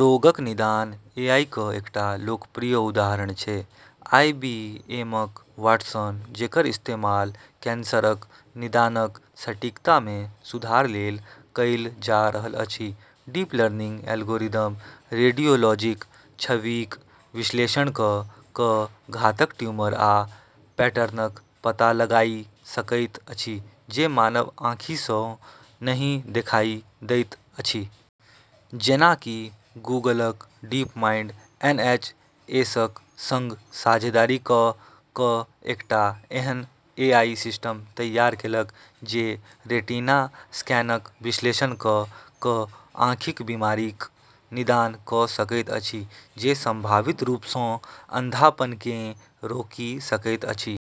रोगक निदान एआईक एकटा लोकप्रिय उदाहरण छै आईबीएमक वाटसन, जेकर इस्तेमाल कैंसरक निदानक सटीकतामे सुधार लेल कएल जा रहल अछि। डीप लर्निंग एल्गोरिदम रेडियोलॉजीक छबिक विश्लेषण कऽ कऽ घातक ट्यूमर आ पैटर्नक पता लगाइ सकैत अछि जे मानव आँखिसँ नहि देखाइ दैत अछि। जेना कि गूगलक डीपमाइंड एनएचएसक संग साझेदारी कऽ कऽ एकटा एहन एआई सिस्टम तैयार केलक जे रेटिना स्कैनक विश्लेषण कऽ कऽ आँखिक बीमारीक निदान कऽ सकैत अछि, जे सम्भावित रूपसँ अंधापनकेँ रोकि सकैत अछि।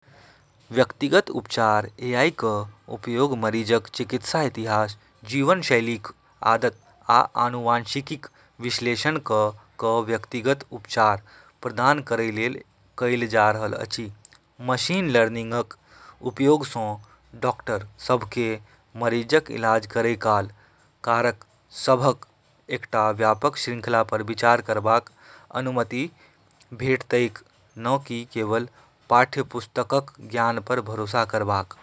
व्यक्तिगत उपचार एआईक उपयोग मरीजक चिकित्सा इतिहास, जीवनशैलीक आदत, आ आनुवंशिकीक विश्लेषण कऽ कऽ व्यक्तिगत उपचार प्रदान करै लेल कएल जा रहल अछि। मशीन लर्निंगक उपयोगसँ डाक्टर सभकेँ मरीजक इलाज करै काल कारक सभक एकटा व्यापक श्रृंखलापर विचार करबाक अनुमति भेटतैक, न कि केवल पाठ्यपुस्तकक ज्ञानपर भरोसा करबाक।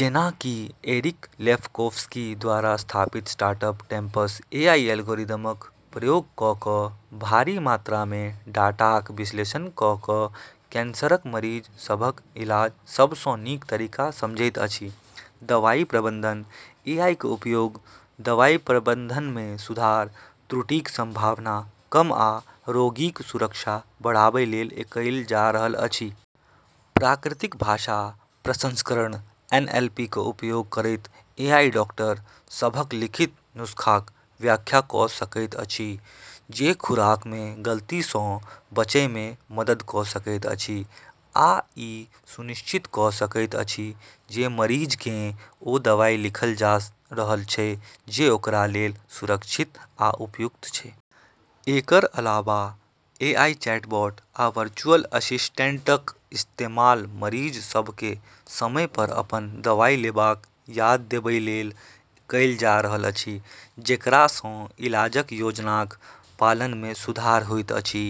जेना कि एरिक लेफकोफ्स्की द्वारा स्थापित स्टार्टअप टेम्पस एआई एल्गोरिदमक प्रयोग कऽ कऽ भारी मात्रामे डाटाक विश्लेषण कऽ कऽ कैंसरक मरीज सभक इलाजक सबसँ नीक तरीका समझैत अछि। दवाइ प्रबंधन एआईक उपयोग दवाइ प्रबंधनमे सुधार, त्रुटिक संभावना कम आ रोगीक सुरक्षा बढ़ाबै लेल कएल जा रहल अछि। प्राकृतिक भाषा प्रसंस्करण एनएलपी क उपयोग करैत, एआई डाक्टर सभक लिखित नुस्खाक व्याख्या कऽ सकैत अछि, जे खुराकमे गलतीसँ बचैमे मदद कऽ सकैत अछि आ ई सुनिश्चित कऽ सकैत अछि जे मरीजकेँ ओ दवाइ लिखल जा रहल छै जे ओकरा लेल सुरक्षित आ उपयुक्त छै। एकर अलावा एआई चैटबॉट आ वर्चुअल असिस्टेंटक इस्तेमाल मरीज सभकेँ समयपर अपन दवाइ लेबाक याद देबै लेल कएल जा रहल अछि, जेकरासँ इलाजक योजनाक पालनमे सुधार होइत अछि।